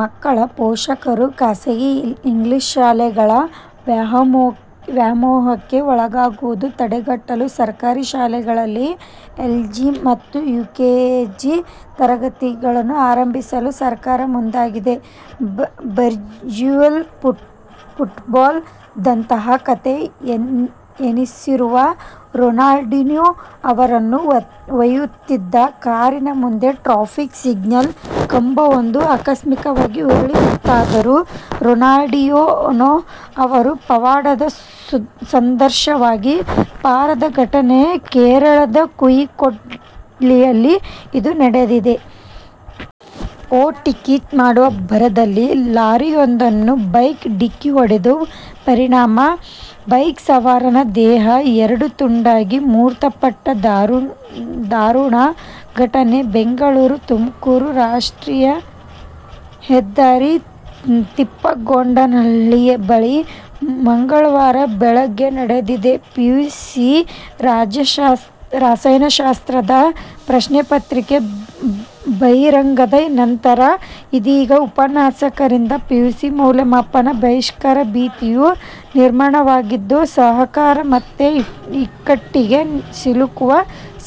ಮಕ್ಕಳ ಪೋಷಕರು ಖಾಸಗಿ ಇಂಗ್ಲಿಷ್ ಶಾಲೆಗಳ ವ್ಯಾಮೋಹಕ್ಕೆ ಒಳಗಾಗುವುದನ್ನು ತಡೆಗಟ್ಟಲು ಸರ್ಕಾರಿ ಶಾಲೆಗಳಲ್ಲೇ ಎಲ್ಕೆಜಿ ಮತ್ತು ಯುಕೆಜಿ ತರಗತಿಗಳನ್ನು ಆರಂಭಿಸಲು ಸರ್ಕಾರ ಮುಂದಾಗಿದೆ. ಬ್ರಝಿಲ್ ಫುಟ್ಬಾಲ್ ದಂತ ಕಥೆ ಎನಿಸಿರುವ ರೊನಾಲ್ಡಿನೋ ಅವರನ್ನು ಒಯ್ಯುತ್ತಿದ್ದ ಕಾರಿನ ಮುಂದೆ ಟ್ರಾಫಿಕ್ ಸಿಗ್ನಲ್ ಕಂಬವೊಂದು ಆಕಸ್ಮಿಕವಾಗಿ ಉರುಳಿ ಬಿತ್ತಾದರೂ ರೊನಾಲ್ಡಿನೋ ಅವರು ಪವಾಡ ಸದೃಶವಾಗಿ ಪಾರಾದ ಘಟನೆ ಕೇರಳದ ಕೋಯಿಕ್ಕೋಡ್ನಲ್ಲಿ ಇಂದು ನಡೆದಿದೆ. ಓವರ್ಟೇಕ್ ಮಾಡುವ ಭರದಲ್ಲಿ ಲಾರಿಯೊಂದು ಬೈಕ್ಗೆ ಡಿಕ್ಕಿ ಹೊಡೆದ ಪರಿಣಾಮ ಬೈಕ್ ಸವಾರನ ದೇಹ ಎರಡು ತುಂಡಾಗಿ ಮೃತಪಟ್ಟ ದಾರುಣ ಘಟನೆ ಬೆಂಗಳೂರು- ತುಮಕೂರು ರಾಷ್ಟ್ರೀಯ ಹೆದ್ದಾರಿ ತಿಪ್ಪಗೊಂಡನಹಳ್ಳಿ ಬಳಿ ಮಂಗಳವಾರ ಬೆಳಗ್ಗೆ ನಡೆದಿದೆ. ಪಿಯುಸಿ ರಸಾಯನಶಾಸ್ತ್ರದ ಪ್ರಶ್ನೆಪತ್ರಿಕೆ ಬಹಿರಂಗದ ನಂತರ ಇದೀಗ ಉಪನ್ಯಾಸಕರಿಂದ ಪಿಯುಸಿ ಮೌಲ್ಯಮಾಪನ ಬಹಿಷ್ಕಾರ ಭೀತಿಯೂ ನಿರ್ಮಾಣವಾಗಿದ್ದು, ಸರ್ಕಾರ ಮತ್ತೆ ಇಕ್ಕಟ್ಟಿಗೆ ಸಿಲುಕುವ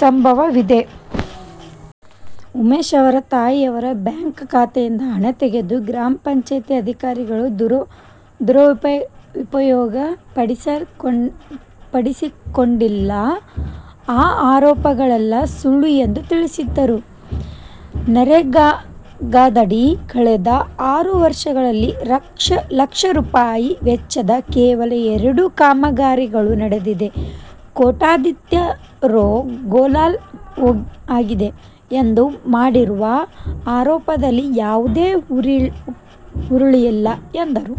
ಸಂಭವವಿದೆ. ಉಮೇಶ್ ಅವರ ತಾಯಿಯವರ ಬ್ಯಾಂಕ್ ಖಾತೆಯಿಂದ ಹಣ ತೆಗೆದು ಗ್ರಾಮ ಪಂಚಾಯತ್ ಅಧಿಕಾರಿಗಳು ದುರುಪಯೋಗ ಪಡಿಸಿಕೊಂಡಿಲ್ಲ. ಈ ಆರೋಪಗಳೆಲ್ಲ ಸುಳ್ಳು ಎಂದು ತಿಳಿಸಿದರು. ನರೇಗಾದಡಿ ಕಳೆದ ಆರು ವರ್ಷಗಳಲ್ಲಿ ಲಕ್ಷ ರೂ. ವೆಚ್ಚದ ಕೇವಲ ಎರಡು ಕಾಮಗಾರಿಗಳು ನಡೆದಿದೆ. ಕೋಟ್ಯಂತರ ರೂ. ಗೋಲ್ಮಾಲ್ ಆಗಿದೆ ಎಂದು ಮಾಡಿರುವ ಆರೋಪದಲ್ಲಿ ಯಾವುದೇ ಹುರುಳಿಲ್ಲ ಎಂದರು.